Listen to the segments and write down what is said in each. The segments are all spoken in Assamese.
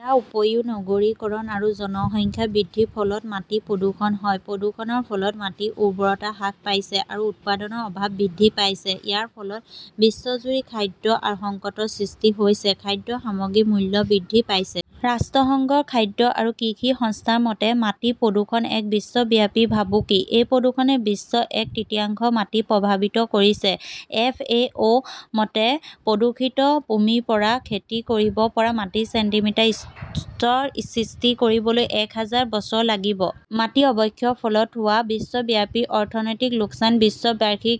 ইয়াৰ উপৰিও নগৰীকৰণ আৰু জনসংখ্যা বৃদ্ধিৰ ফলত মাটি প্ৰদূষণ হয়। প্ৰদূষণৰ ফলত মাটিৰ উৰ্বৰতা হ্ৰাস পাইছে আৰু উৎপাদনৰ অভাৱ বৃদ্ধি পাইছে। ইয়াৰ ফলত বিশ্বজুৰি খাদ্য সংকটৰ সৃষ্টি হৈছে। খাদ্য সামগ্ৰীৰ মূল্য বৃদ্ধি পাইছে। ৰাষ্ট্ৰসংঘৰ খাদ্য আৰু কৃষি সংস্থাৰ মতে, মাটিৰ প্ৰদূষণ এক বিশ্বব্যাপী ভাবুকি। এই প্ৰদূষণে বিশ্বৰ এক তৃতীয়াংশ মাটি প্ৰভাৱিত কৰিছে। এফ. এ. অ '. -ৰ মতে, প্ৰদূষিত ভূমিৰ পৰা খেতি কৰিব পৰা মাটিৰ ছেণ্টিমিটাৰ স্তৰ সৃষ্টি কৰিবলৈ এক হাজাৰ বছৰ লাগিব। মাটিৰ অৱক্ষয়ৰ ফলত হোৱা বিশ্বব্যাপী অৰ্থনৈতিক লোকচান বিশ্বৰ বাৰ্ষিক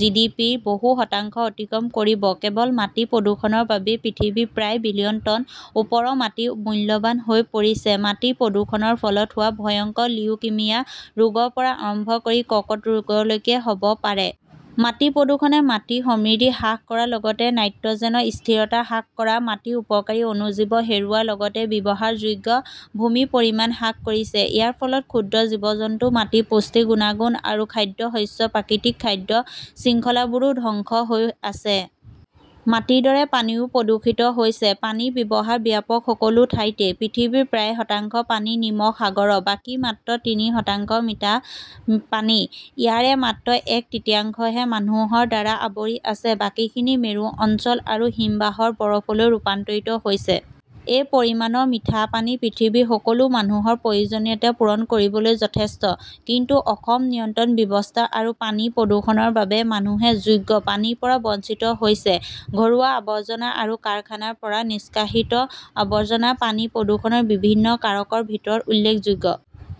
জিডিপিৰ বহু শতাংশ অতিক্ৰম কৰিব। কেৱল মাটি প্ৰদূষণৰ বাবেই পৃথিৱীৰ প্ৰায় বিলিয়ন টন ওপৰৰ মাটি মূল্যৱান হৈ পৰিছে। মাটিৰ প্ৰদূষণৰ ফলত হোৱা ভয়ংকৰ লিউকিমিয়া ৰোগৰ পৰা আৰম্ভ কৰি কৰ্কট ৰোগলৈকে হব পাৰে। মাটিৰ প্ৰদূষণে মাটিৰ সমৃদ্ধি হ্ৰাস কৰাৰ লগতে নাইট্ৰজেনৰ স্থিৰতা হ্ৰাস কৰা, মাটিৰ উপকাৰী অণুজীৱ হেৰুওৱা লগতে ব্যৱহাৰযোগ্য ভূমিৰ পৰিমাণ হ্ৰাস কৰিছে। ইয়াৰ ফলত ক্ষুদ্ৰ জীৱ-জন্তু, মাটিৰ পুষ্টি গুণাগুণ আৰু খাদ্যশস্যৰ প্ৰাকৃতিক খাদ্য শৃংখলাবোৰো ধ্বংস হৈ আছে। মাটিৰ দৰে পানীও প্ৰদূষিত হৈছে। পানীৰ ব্যৱহাৰ ব্যাপক সকলো ঠাইতে। পৃথিৱীৰ প্ৰায় শতাংশ পানী নিমখ সাগৰ। বাকী মাত্ৰ তিনি শতাংশ মিতা পানী। ইয়াৰে মাত্ৰ এক তৃতীয়াংশহে মানুহৰ দ্বাৰা আৱৰি আছে, বাকীখিনি মেৰু অঞ্চল আৰু হিমবাহৰ বৰফলৈ ৰূপান্তৰিত হৈছে। এই পৰিমাণৰ মিঠা পানী পৃথিৱীৰ সকলো মানুহৰ প্ৰয়োজনীয়তা পূৰণ কৰিবলৈ যথেষ্ট। কিন্তু অসম নিয়ন্ত্ৰণ ব্যৱস্থা আৰু পানীৰ প্ৰদূষণৰ বাবে মানুহে যোগ্য পানীৰ পৰা বঞ্চিত হৈছে। ঘৰুৱা আৱৰ্জনা আৰু কাৰখানাৰ পৰা নিষ্কাশিত আৱৰ্জনা পানী প্ৰদূষণৰ বিভিন্ন কাৰকৰ ভিতৰত উল্লেখযোগ্য।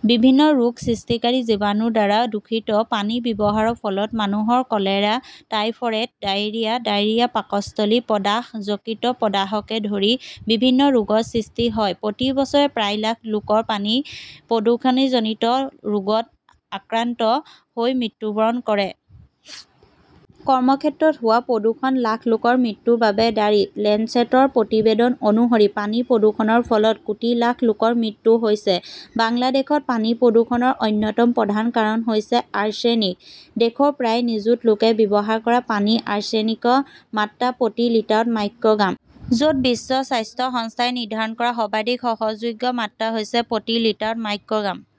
বিভিন্ন ৰোগ সৃষ্টিকাৰী জীৱাণুৰ দ্বাৰা দূষিত পানীৰ ব্যৱহাৰৰ ফলত মানুহৰ কলেৰা, টাইফয়েড, ডায়েৰিয়া, ডায়েৰিয়া, পাকস্থলীৰ প্ৰদাহ, যকৃতৰ প্ৰদাহকে ধৰি বিভিন্ন ৰোগৰ সৃষ্টি হয়। প্ৰতি বছৰে প্ৰায় লাখ লোকৰ পানী প্ৰদূষণজনিত ৰোগত আক্ৰান্ত হৈ মৃত্যুবৰণ কৰে। কৰ্মক্ষেত্ৰত হোৱা প্ৰদূষণ লাখ লোকৰ মৃত্যুৰ বাবে দায়ী। লেঞ্চেটৰ প্ৰতিবেদন অনুসৰি, পানীৰ প্ৰদূষণৰ ফলত কোটি লাখ লোকৰ মৃত্যু হৈছে। বাংলাদেশত পানী প্ৰদূষণৰ অন্যতম প্ৰধান কাৰণ হৈছে আৰ্ছেনিক। দেশৰ প্ৰায় নিযুত লোকে ব্যৱহাৰ কৰা পানীৰ আৰ্ছেনিকৰ মাত্ৰা প্ৰতি লিটাৰত মাইক্ৰ গ্ৰাম। য 'ত বিশ্ব স্বাস্থ্য সংস্থাই নিৰ্ধাৰণ কৰা সৰ্বাধিক সহযোগ্য মাত্ৰা হৈছে প্ৰতি লিটাৰত মাইক্ৰ' গ্ৰাম।